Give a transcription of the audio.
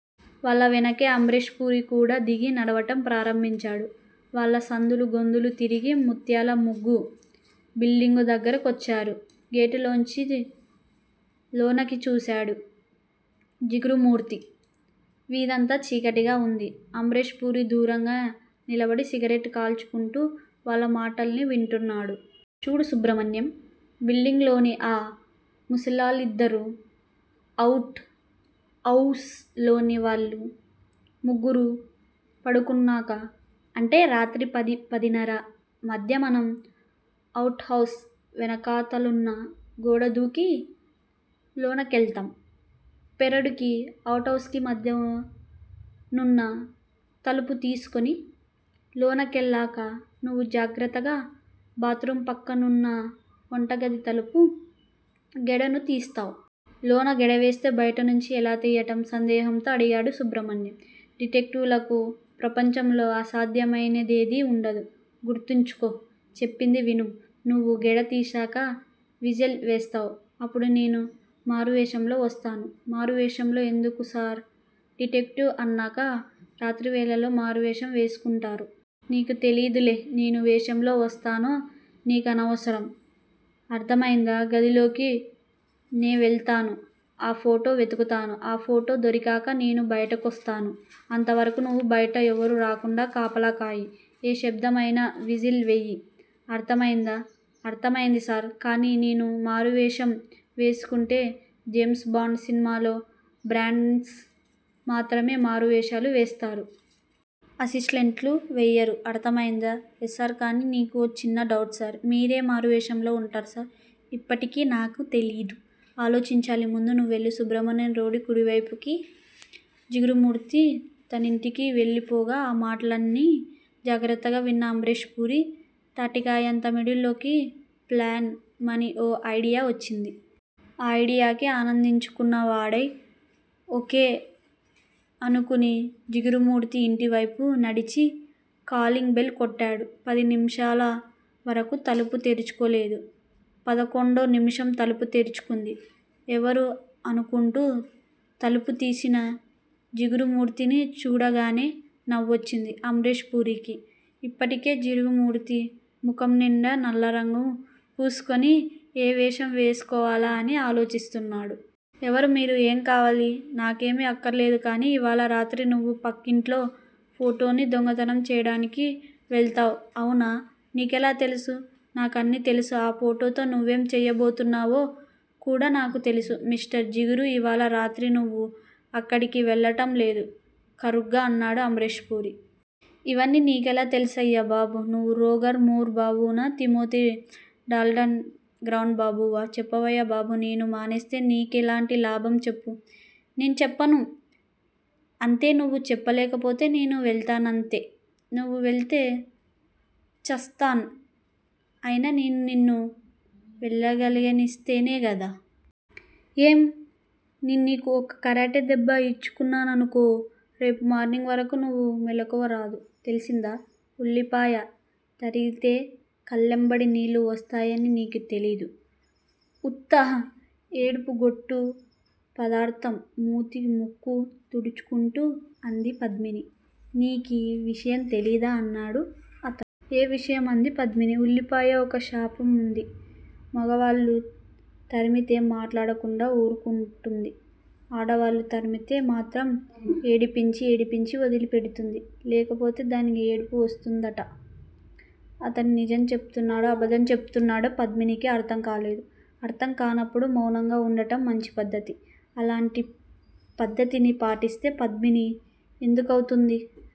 వాళ్ళ వెనకే అమ్రేష్ పురీ కూడా దిగి, నడవడం ప్రారంభించాడు. వాళ్ళలా సందులూ, గొందులూ తిరిగి ముత్యాల ముగ్గు బిల్డింగు దగ్గర కొచ్చారు. గేటులోంచి లోనకి చూశాడు జిగురుమూర్తి. వీధంతా చీకటిగా ఉంది. అమ్రేష్ పురీ దూరంగా నిలబడి సిగరెట్ కాల్చుకుంటూ వాళ్ళ మాటల్ని వింటున్నాడు. చూడు సుబ్రమణ్యం బిల్డింగ్ లోని ఆ ముసిలాళ్ళిద్దరూ, అవుట్ హౌస్ లోని వాళ్ళు ముగ్గురూ పడుకున్నాక, అంటే రాత్రి పది, పదిన్నర మధ్య మనం అవుట్ హౌస్ వెనకాతలున్న గోడదూకి, లోనకెళ్తాం పెరడుకీ, అవుట్ హౌస్ కీ మధ్యనున్న తలుపు తీసుకుని లోనకెళ్ళాక నువ్వు జాగ్రత్తగా బాత్రూం పక్కనున్న వంటగది తలుపు గెడను తీస్తావ్. లోన గెడవేస్తే బయటి నుంచి ఎలా తియ్యడం? సందేహంతో అడిగాడు సుబ్రమణ్యం. డిటెక్టివ్ లకు ప్రపంచంలో అసాధ్యమైనదేదీ ఉండదు గుర్తుంచుకో చెప్పింది విను. నువ్వు గెడ తీశాక విజిల్ వేస్తావ్ అప్పుడు నేను మారువేషంలో వస్తాను. మారు వేషంలో ఎందుకు సార్? డిటెక్టివ్ అన్నాక రాత్రివేళల్లో మారువేషం వేసుకుంటారు. నీకు తెలీదులే. నేనే వేషంలో వస్తానో నీకనవసరం. అర్ధమైందా? గదిలోకి నేవెళ్తాను ఆ ఫోటో వెతుకుతాను ఆ ఫోటో దొరికాక నేను బయటికొచ్చేస్తాను. అంతవరకూ నువ్వు బయట ఎవరూ రాకుండా కాపలా కాయి. ఏ శబ్దం అయినా 'విజిల్' వెయ్యి. అర్ధమైందా? అర్ధమైంది సార్! కానీ నేనూ మారువేషం వేసుకుంటే జేమ్స్ బాండ్ సినిమాల్లో, బాండ్స్ మాత్రమే మారువేషాలు వేస్తారు. అసిస్టెంట్లు వెయ్యరు అర్ధమైందా? ఎస్సర్ కానీ నీకు చిన్న డౌట్ సర్. మీరే మారువేషంలో ఉంటారు సర్? ఇప్పటికీ నాకే తెలీదు. ఆలోచించాలి ముందు నువ్వెళ్ళు. సుబ్రమణ్యం రోడ్డు కుడివేపుకి, జిగురుమూర్తి తనింటికి వెళ్ళిపోగా ఆ మాటలన్నీ జాగ్రత్తగా విన్న అమ్రేష్ పురీ తాటికాయంత మెదడులోకి 'ఫ్లాష్'మని ఓ అయిడియా వచ్చింది. ఆ అయిడియాకి ఆనందించుకున్న వాడై, ఓ. కే. అనుకుని జిగురుమూర్తి ఇంటివేపు నడిచి, కాలింగ్ బెల్ కొట్టాడు. పది నిమిషాల వరకూ తలుపు తెరుచుకోలేదు. పదకొండో నిమిషం తలుపు తెరుచుకుంది. ఎవరూ అనుకుంటూ తలుపు తీసిన జిగురుమూర్తిని చూడగానే నవ్వొచ్చింది అమ్రేష్ పురీకి. అప్పటికే జిగురుమూర్తి ముఖం నిండా నల్లరంగు పూసుకుని, ఏ వేషం వేసుకోవాలా అని ఆలోచిస్తున్నాడు. ఎవరు మీరు? ఏం కావాలి? నాకేమీ అక్కర్లేదు గానీ ఇవాళ రాత్రి నువ్వు పక్కింట్లో ఫోటోని దొంగతనం చెయ్యడానికి వెళ్తున్నావ్. అవునా? నీకెలా తెలుసు? నాకన్నీ తెలుసు ఆ ఫోటోతో నువ్వేం చెయ్యబోతున్నావో కూడా నాకు తెలుసు మిస్టర్ జిగురూ ఇవాళ రాత్రి నువ్వు అక్కడికి వెళ్ళడం లేదు కరుగ్గా అన్నాడు అమ్రేష్ పురి. ఇవన్నీ నీకెలా తెల్సాయయ్యా బాబూ నువ్వు రోగర్ మూర్ బాబువా? తిమోతీ డాల్టన్ గ్రాండ్ బాబువా? చెప్పవయ్యా బాబు? నేను మానేస్తే నీకేంటి లాభం చెప్పు. నేచ్చెప్పను అంతే నువ్వు చెప్పకపోతే, నే వెళ్తానంతే. నువ్వు వెళ్తే ఛస్తావ్ అయినా నేను నిన్ను వెళ్ళనిస్తేనే గదా! ఏం? నేన్నీకు ఒక్క కరాటే దెబ్బ ఇచ్చుకున్నాననుకో రేపు మార్నింగ్ వరకూ నీకు మెలుకువ రాదు. తెల్సిందా? ఉల్లిపాయ తరిగితే కళ్ళెంబడి నీళ్ళు వస్తాయని నాకు తెలీదు. ఉత్త ఏడుపుగొట్టు పదార్ధం మూతి ముక్కు తుడుచుకుంటూ అంది పద్మిని. నీకీ విషయం తెలీదా! అన్నాడు అతను. ఏ విషయం? అంది పద్మిని. ఉల్లిపాయకి ఒక శాపం వుంది. మగవాళ్ళు తరిగితే మాట్లాడకుండా ఊర్కుంటుంది. ఆడవాళ్ళు తరిగితే మాత్రం ఏడిపించి ఏడిపించి వదిలి పెడుతుంది. లేకపోతే దానికి ఏడుపు వస్తుందట. అతను నిజం చెబుతున్నాడో, అబద్ధం చెబుతున్నాడో? పద్మినీకి అర్ధంకాలేదు. అర్ధం కానప్పుడు మౌనంగా వుండటం మంచి పద్ధతి. అలాంటి పద్ధతిని పాటిస్తే 'పద్మిని' ఎందుకౌతుంది.